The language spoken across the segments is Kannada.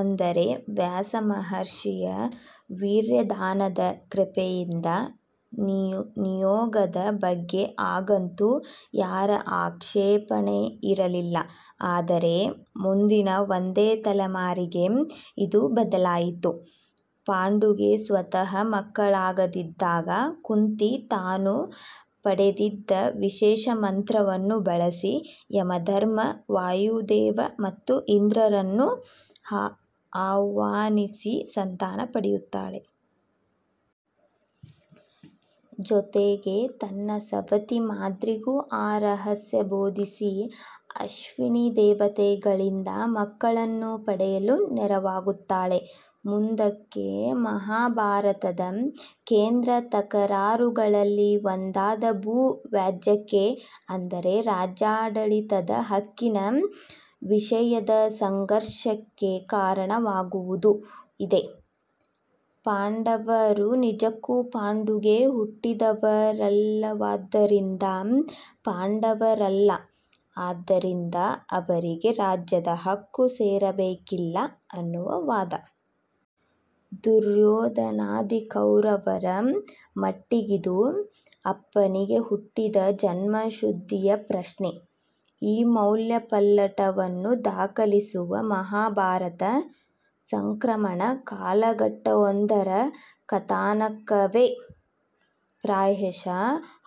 ಅಂದರೆ ವ್ಯಾಸ ಮಹರ್ಷಿಯ ವೀರ್ಯದಾನದ ಕೃಪೆಯಿಂದ. ನಿಯೋಗದ ಬಗ್ಗೆ ಆಗಂತೂ ಯಾರ ಆಕ್ಷೇಪಣೆ ಇರಲಿಲ್ಲ. ಆದರೆ, ಮುಂದಿನ ಒಂದೇ ತಲೆಮಾರಿಗೆ ಇದು ಬದಲಾಯಿತು. ಪಾಂಡುಗೆ ಸ್ವತಃ ಮಕ್ಕಳಾಗದಿದ್ದಾಗ ಕುಂತಿ ತಾನು ಪಡೆದಿದ್ದ ವಿಶೇಷ ಮಂತ್ರವನ್ನು ಬಳಸಿ ಯಮಧರ್ಮ, ವಾಯುದೇವ ಮತ್ತು ಇಂದ್ರರನ್ನು ಆಹ್ವಾನಿಸಿ ಸಂತಾನ ಪಡೆಯುತ್ತಾಳೆ. ಜೊತೆಗೆ ತನ್ನ ಸವತಿ ಮಾದ್ರಿಗೂ ಆ ರಹಸ್ಯ ಬೋಧಿಸಿ ಅಶ್ವಿನಿ ದೇವತೆಗಳಿಂದ ಮಕ್ಕಳನ್ನು ಪಡೆಯಲು ನೆರವಾಗುತ್ತಾಳೆ. ಮುಂದಕ್ಕೆ ಮಹಾಭಾರತದ ಕೇಂದ್ರ ತಕರಾರುಗಳಲ್ಲಿ ಒಂದಾದ ಭೂ ವ್ಯಾಜ್ಯಕ್ಕೆ- ಅಂದರೆ ರಾಜ್ಯಾಡಳಿತದ ಹಕ್ಕಿನ ವಿಷಯದ ಸಂಘರ್ಷಕ್ಕೆ ಕಾರಣವಾಗುವುದು ಇದೇ- ಪಾಂಡವರು ನಿಜಕ್ಕೂ ಪಾಂಡುಗೆ ಹುಟ್ಟಿದವರಲ್ಲವಾದ್ದರಿಂದ ಪಾಂಡವರಲ್ಲ. ಆದ್ದರಿಂದ ಅವರಿಗೆ ರಾಜ್ಯದ ಹಕ್ಕು ಸೇರಬೇಕಿಲ್ಲ ಅನ್ನುವ ವಾದ. ದುರ್ಯೊಧನಾದಿ ಕೌರವರ ಮಟ್ಟಿಗಿದು ಅಪ್ಪನಿಗೆ ಹುಟ್ಟಿದ ಜನ್ಮಶುದ್ಧಿಯ ಪ್ರಶ್ನೆ. ಈ ಮೌಲ್ಯಪಲ್ಲಟವನ್ನು ದಾಖಲಿಸುವ ಮಹಾಭಾರತ- ಸಂಕ್ರಮಣ ಕಾಲಘಟ್ಟವೊಂದರ ಕಥಾನಕವೇ? ಪ್ರಾಯಶಃ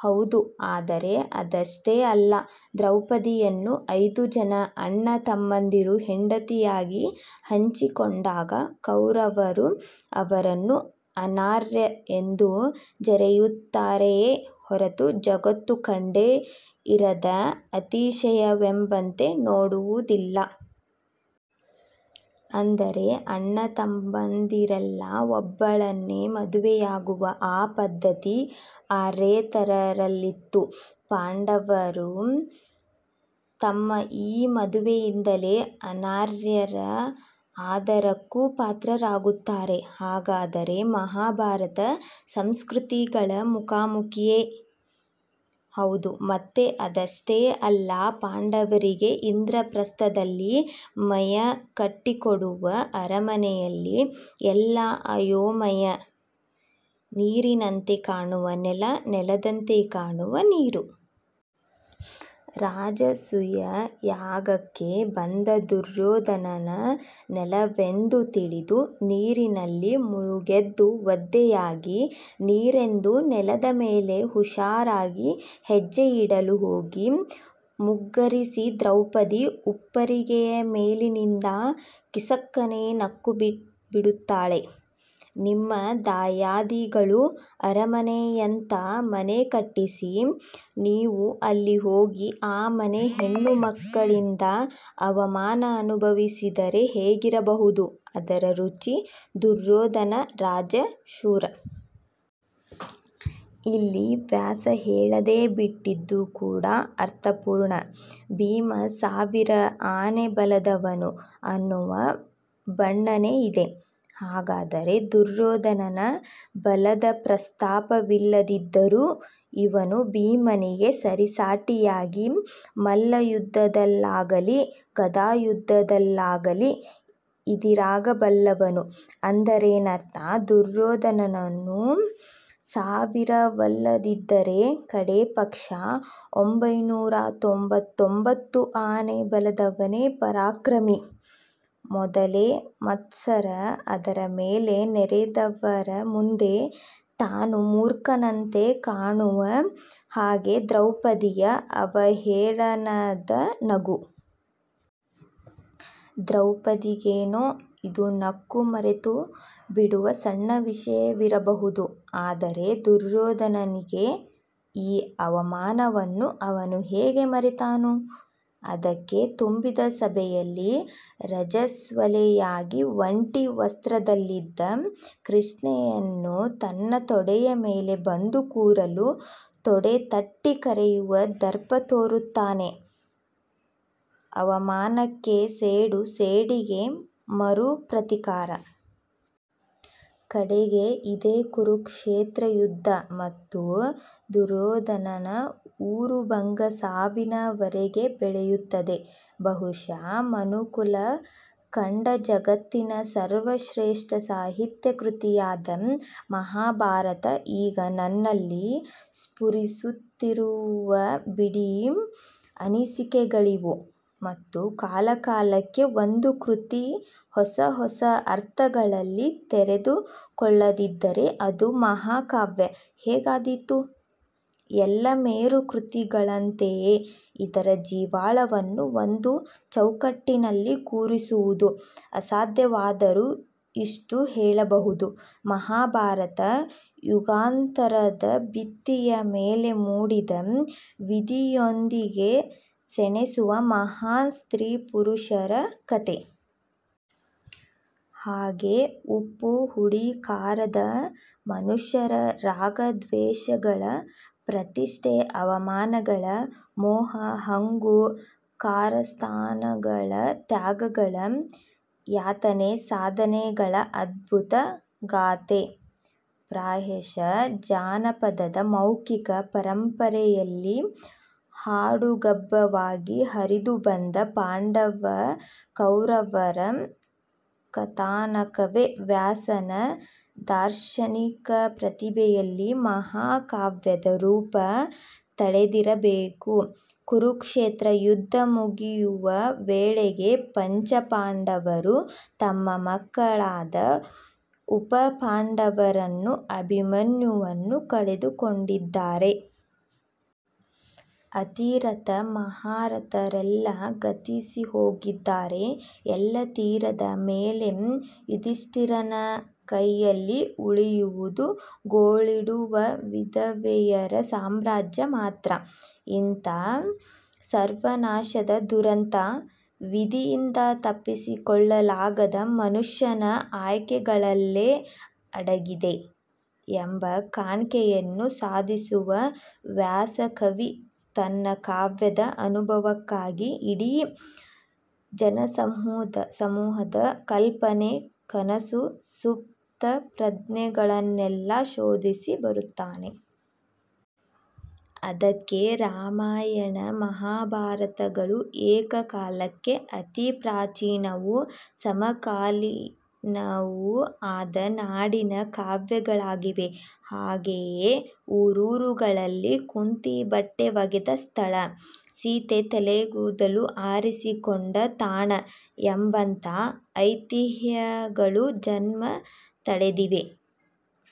ಹೌದು ಆದರೆ ಅದಷ್ಟೇ ಅಲ್ಲ. ದ್ರೌಪದಿ ಯನ್ನು ಐದೂ ಜನ ಅಣ್ಣ ತಮ್ಮಂದಿರು ಹೆಂಡತಿಯಾಗಿ ಹಂಚಿಕೊಂಡಾಗ ಕೌರವರು ಅವರನ್ನು ಅನಾರ್ಯ ಎಂದು ಜರೆಯುತ್ತಾರೆಯೇ ಹೊರತು, ಜಗತ್ತು ಕಂಡೇ ಇರದ ಅತಿಶಯವೆಂಬಂತೆ ನೋಡುವುದಿಲ್ಲ. ಅಂದರೆ ಅಣ್ಣತಮ್ಮಂದಿರೆಲ್ಲ ಒಬ್ಬಳನ್ನೇ ಮದುವೆಯಾಗುವ ಆ ಪದ್ಧತಿ ಆರ್ಯೇತರರಲ್ಲಿತ್ತು. ಪಾಂಡವರು ತಮ್ಮ ಈ ಮದುವೆಯಿಂದಲೇ ಅನಾರ್ಯರ ಆದರಕ್ಕೂ ಪಾತ್ರರಾಗುತ್ತಾರೆ. ಹಾಗಾದರೆ ಮಹಾಭಾರತ- ಸಂಸ್ಕೃತಿಗಳ ಮುಖಾಮುಖಿಯೇ? ಹೌದು ಮತ್ತೆ ಅದಷ್ಟೇ ಅಲ್ಲ ಪಾಂಡವರಿಗೆ ಇಂದ್ರಪ್ರಸ್ಥದಲ್ಲಿ ಮಯ ಕಟ್ಟಿಕೊಡುವ ಅರಮನೆಯಲ್ಲಿ ಎಲ್ಲ ಅಯೋಮಯ. ನೀರಿನಂತೆ ಕಾಣುವ ನೆಲ, ನೆಲದಂತೆ ಕಾಣುವ ನೀರು. ರಾಜಸೂಯ ಯಾಗಕ್ಕೆ ಬಂದ ದುರ್ಯೋಧನನ ನೆಲವೆಂದು ತಿಳಿದು ನೀರಿನಲ್ಲಿ ಮುಳುಗೆದ್ದು ಒದ್ದೆಯಾಗಿ ನೀರೆಂದು ನೆಲದ ಮೇಲೆ ಹುಷಾರಾಗಿ ಹೆಜ್ಜೆಯಿಡಲು ಹೋಗಿ ಮುಗ್ಗರಿಸಿ ದ್ರೌಪದಿ ಉಪ್ಪರಿಗೆ ಮೇಲಿನಿಂದ ಕಿಸಕ್ಕನೆ ನಕ್ಕುಬಿಡುತ್ತಾಳೆ. ನಿಮ್ಮ ದಾಯಾದಿಗಳು ಅರಮನೆಯಂಥ ಮನೆ ಕಟ್ಟಿಸಿ, ನೀವು ಅಲ್ಲಿ ಹೋಗಿ ಆ ಮನೆ ಹೆಣ್ಣುಮಕ್ಕಳಿಂದ ಅವಮಾನ ಅನುಭವಿಸಿದರೆ ಹೇಗಿರಬಹುದು ಅದರ ರುಚಿ ದುರ್ಯೋಧನ ರಾಜ, ಶೂರ. ಇಲ್ಲಿ ವ್ಯಾಸ ಹೇಳದೇ ಬಿಟ್ಟಿದ್ದು ಕೂಡಾ ಅರ್ಥಪೂರ್ಣ. ಭೀಮ ಸಾವಿರ ಆನೆ ಬಲದವನು ಅನ್ನುವ ಬಣ್ಣನೆಯಿದೆ. ಹಾಗಾದರೆ ದುರ್ಯೋಧನನ ಬಲದ ಪ್ರಸ್ತಾಪವಿಲ್ಲದಿದ್ದರೂ- ಇವನು ಭೀಮನಿಗೆ ಸರಿಸಾಟಿಯಾಗಿ ಮಲ್ಲಯುದ್ಧದಲ್ಲಾಗಲೀ ಗಧಾಯುದ್ಧದಲ್ಲಾಗಲೀ ಇದಿರಾಗಬಲ್ಲವನು. ಅಂದರೇನರ್ಥ? ದುರ್ಯೋಧನನೂ ಸಾವಿರವಲ್ಲದಿದ್ದರೆ ಕಡೇ ಪಕ್ಷ ಒಂಭೈನೂರ ತೊಂಭತ್ತೊಂಭತ್ತು ಆನೆ ಬಲದವನೇ ಪರಾಕ್ರಮಿ. ಮೊದಲೇ ಮತ್ಸರ ಅದರ ಮೇಲೆ ನೆರೆದವರ ಮುಂದೆ ತಾನು ಮೂರ್ಖನಂತೆ ಕಾಣುವ ಹಾಗೆ ದ್ರೌಪದಿಯ ಅವಹೇಳನದ ನಗು. ದ್ರೌಪದಿಗೇನೋ ಇದು ನಕ್ಕು ಮರೆತುಬಿಡುವ ಸಣ್ಣ ವಿಷಯವಿರಬಹುದು. ಆದರೆ ದುರ್ಯೋಧನನಿಗೆ? ಈ ಅವಮಾನವನ್ನು ಅವನು ಹೇಗೆ ಮರೆತಾನು? ಅದಕ್ಕೇ ತುಂಬಿದ ಸಭೆಯಲ್ಲಿ ರಜಸ್ವಲೆಯಾಗಿ ಒಂಟಿ ವಸ್ತ್ರದಲ್ಲಿದ್ದ ಕೃಷ್ಣೆಯನ್ನು ತನ್ನ ತೊಡೆಯ ಮೇಲೆ ಬಂದು ಕೂರಲು ತೊಡೆ ತಟ್ಟಿ ಕರೆಯುವ ದರ್ಪ ತೋರುತ್ತಾನೆ. ಅವಮಾನಕ್ಕೆ ಸೇಡು, ಸೇಡಿಗೆ ಮರು ಪ್ರತೀಕಾರ. ಕಡೆಗೆ ಇದೇ ಕುರುಕ್ಷೇತ್ರ ಯುದ್ಧ ಮತ್ತು ದುರೋಧನನ ಊರುಭಂಗ- ಸಾವಿನವರೆಗೆ ಬೆಳೆಯುತ್ತದೆ. ಬಹುಶಃ ಮನುಕುಲ ಕಂಡ ಜಗತ್ತಿನ ಸರ್ವಶ್ರೇಷ್ಠ ಸಾಹಿತ್ಯಕೃತಿಯಾದ ಮಹಾಭಾರತ ಈಗ ನನ್ನಲ್ಲಿ ಸ್ಫುರಿಸುತ್ತಿರುವ ಬಿಡಿ ಅನಿಸಿಕೆಗಳಿವು. ಮತ್ತು ಕಾಲಕಾಲಕ್ಕೆ ಒಂದು ಕೃತಿ ಹೊಸ ಹೊಸ ಅರ್ಥಗಳಲ್ಲಿ ತೆರೆದುಕೊಳ್ಳದಿದ್ದರೆ ಅದು ಮಹಾಕಾವ್ಯ ಹೇಗಾದೀತು? ಎಲ್ಲ ಮೇರು ಕೃತಿಗಳಂತೆಯೇ, ಇದರ ಜೀವಾಳವನ್ನು ಒಂದು ಚೌಕಟ್ಟಿನಲ್ಲಿ ಕೂರಿಸುವುದು ಅಸಾಧ್ಯವಾದರೂ ಇಷ್ಟು ಹೇಳಬಹುದು: ಮಹಾಭಾರತ- ಯುಗಾಂತರದ ಭಿತ್ತಿಯ ಮೇಲೆ ಮೂಡಿದ- ವಿಧಿಯೊಂದಿಗೆ ಸೆಣೆಸುವ ಮಹಾನ್ ಸ್ತ್ರೀ ಪುರುಷರ ಕಥೆ. ಹಾಗೇ- ಉಪ್ಪು ಹುಳಿ ಖಾರದ ಮನುಷ್ಯರ ರಾಗ ದ್ವೇಷಗಳ, ಪ್ರತಿಷ್ಠೆ- ಅವಮಾನಗಳ, ಮೋಹ ಹಂಗು ಕಾರಸ್ಥಾನಗಳ, ತ್ಯಾಗಗಳ, ಯಾತನೆ- ಸಾಧನೆಗಳ ಅದ್ಭುತ ಗಾಥೆ. ಪ್ರಾಯಶಃ ಜಾನಪದದ ಮೌಖಿಕ ಪರಂಪರೆಯಲ್ಲಿ ಹಾಡುಗಬ್ಬವಾಗಿ ಹರಿದುಬಂದ ಪಾಂಡವ, ಕೌರವರ ಕಥಾನಕವೇ ವ್ಯಾಸನ ದಾರ್ಶನಿಕ ಪ್ರತಿಭೆಯಲ್ಲಿ ಮಹಾಕಾವ್ಯದ ರೂಪ ತಳೆದಿರಬೇಕು. ಕುರುಕ್ಷೇತ್ರ ಯುದ್ಧ ಮುಗಿಯುವ ವೇಳೆಗೆ ಪಂಚಪಾಂಡವರು ತಮ್ಮ ಮಕ್ಕಳಾದ ಉಪಪಾಂಡವರನ್ನು, ಅಭಿಮನ್ಯುವನ್ನು ಕಳೆದುಕೊಂಡಿದ್ದಾರೆ. ಅತಿರಥ ಮಹಾರಥರೆಲ್ಲ ಗತಿಸಿಹೋಗಿದ್ದಾರೆ ಎಲ್ಲ ತೀರಿದ ಮೇಲೆ ಯುಧಿಷ್ಠಿರನ ಕೈಯಲ್ಲಿ ಉಳಿಯುವುದು ಗೋಳಿಡುವ ವಿಧವೆಯರ ಸಾಮ್ರಾಜ್ಯ ಮಾತ್ರ. ಇಂಥ ಸರ್ವನಾಶದ ದುರಂತ- 'ವಿಧಿಯಿಂದ ತಪ್ಪಿಸಿಕೊಳ್ಳಲಾಗದ ಮನುಷ್ಯನ ಆಯ್ಕೆಗಳಲ್ಲೇ ಅಡಗಿದೆ' ಎಂಬ ಕಾಣ್ಕೆಯನ್ನು ಸಾಧಿಸುವ ವ್ಯಾಸಕವಿ- ತನ್ನ ಕಾವ್ಯದ ಅನುಭವಕ್ಕಾಗಿ ಇಡೀ ಜನಸಮೂಹದ ಕಲ್ಪನೆ, ಕನಸು, ಸುಪ್ತಪ್ರಜ್ಞೆಗಳನ್ನೆಲ್ಲ ಶೋಧಿಸಿ ಬರುತ್ತಾನೆ. ಅದಕ್ಕೇ ರಾಮಾಯಣ ಮಹಾಭಾರತಗಳು ಏಕಕಾಲಕ್ಕೆ ಅತಿ ಪ್ರಾಚೀನವೂ ಸಮಕಾಲೀನವೂ ಆದ ನಾಡಿನ ಕಾವ್ಯಗಳಾಗಿವೆ; ಹಾಗೆಯೇ ಊರೂರುಗಳಲ್ಲಿ ಕುಂತಿ ಬಟ್ಟೆ ಒಗೆದ ಸ್ಥಳ, ಸೀತೆ ತಲೆಗೂದಲು ಆರಿಸಿಕೊಂಡ ತಾಣ ಎಂಬಂಥ ಐತಿಹ್ಯಗಳು ಜನ್ಮ ತಳೆದಿವೆ.